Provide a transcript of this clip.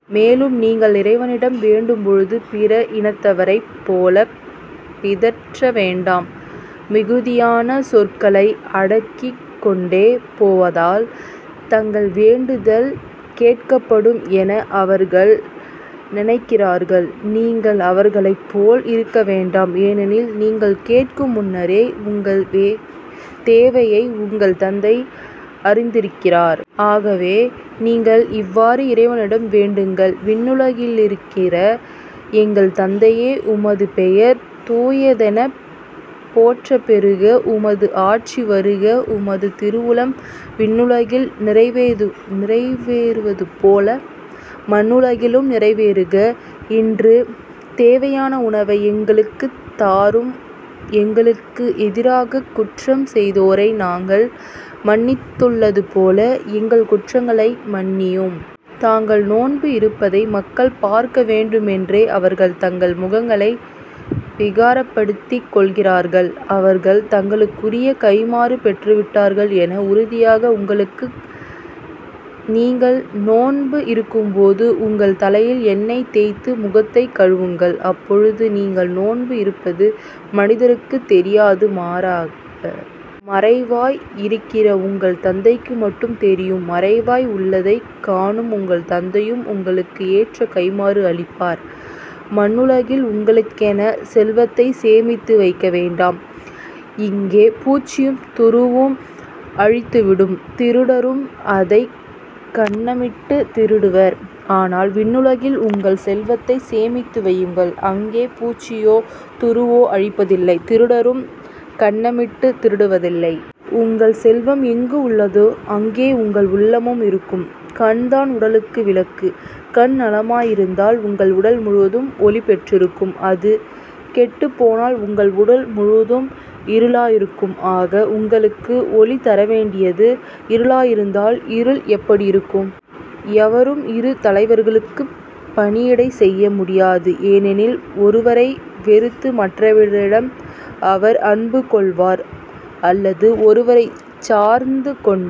மேலும் நீங்கள் இறைவனிடம் வேண்டும்பொழுது பிற இனத்தவரைப் போலப் பிதற்ற வேண்டாம் மிகுதியான சொற்களை அடுக்கிக் கொண்டே போவதால் தங்கள் வேண்டுதல் கேட்கப்படும் என அவர்கள் நினைக்கிறார்கள். நீங்கள் அவர்களைப் போல் இருக்க வேண்டாம். ஏனெனில் நீங்கள் கேட்கும் முன்னரே உங்கள் தேவையை உங்கள் தந்தை அறிந்திருக்கிறார். ஆகவே, நீங்கள் இவ்வாறு இறைவனிடம் வேண்டுங்கள் விண்ணுலகிலிருக்கிற எங்கள் தந்தையே உமது பெயர் தூயதெனப் போற்றப்பெறுக. உமது ஆட்சி வருக. உமது திருவுளம் விண்ணுலகில் நிறைவேறுவதுபோல மண்ணுலகிலும் நிறைவேறுக. இன்று தேவையான உணவை எங்களுக்குத் தாரும். எங்களுக்கு எதிராகக் குற்றம் செய்தோரை நாங்கள் மன்னித்துள்ளதுபோல எங்கள் குற்றங்களை மன்னியும். தாங்கள் நோன்பு இருப்பதை மக்கள் பார்க்கவேண்டுமென்றே அவர்கள் தங்கள் முகங்களை விகாரப்படுத்திக் கொள்கிறார்கள். அவர்கள் தங்களுக்குரிய கைம்மாறு பெற்றுவிட்டார்கள் என உறுதியாக உங்களுக்குச் நீங்கள் நோன்பு இருக்கும்போது உங்கள் தலையில் எண்ணெய் தேய்த்து முகத்தைக் கழுவுங்கள். அப்பொழுது நீங்கள் நோன்பு இருப்பது மனிதருக்குத் தெரியாது மாறாக. மறைவாய் இருக்கிற உங்கள் தந்தைக்கு மட்டும் தெரியும். மறைவாய் உள்ளதைக் காணும் உங்கள் தந்தையும் உங்களுக்கு ஏற்ற கைம்மாறு அளிப்பார். மண்ணுலகில் உங்களுக்கெனச் செல்வத்தைச் சேமித்து வைக்க வேண்டாம். இங்கே பூச்சியும் துருவும் அழித்துவிடும் திருடரும் அதைக் கன்னமிட்டுத் திருடுவர். ஆனால் விண்ணுலகில் உங்கள் செல்வத்தைச் சேமித்து வையுங்கள் அங்கே பூச்சியோ துருவோ அழிப்பதில்லை திருடரும் கன்னமிட்டுத் திருடுவதில்லை. உங்கள் செல்வம் எங்கு உள்ளதோ அங்கே உங்கள் உள்ளமும் இருக்கும். கண்தான் உடலுக்கு விளக்கு. கண் நலமாயிருந்தால் உங்கள் உடல் முழுவதும் ஒளி பெற்றிருக்கும். அது கெட்டுப் போனால் உங்கள் உடல் முழுவதும் இருளாய் இருக்கும். ஆக. உங்களுக்கு ஒளி தரவேண்டியது இருளாயிருந்தால் இருள் எப்படியிருக்கும். எவரும் இரு தலைவர்களுக்குப் பணிவிடை செய்ய முடியாது. ஏனெனில், ஒருவரை வெறுத்து மற்றவரிடம் அவர் அன்பு கொள்வார் அல்லது ஒருவரைச் சார்ந்து கொண்டு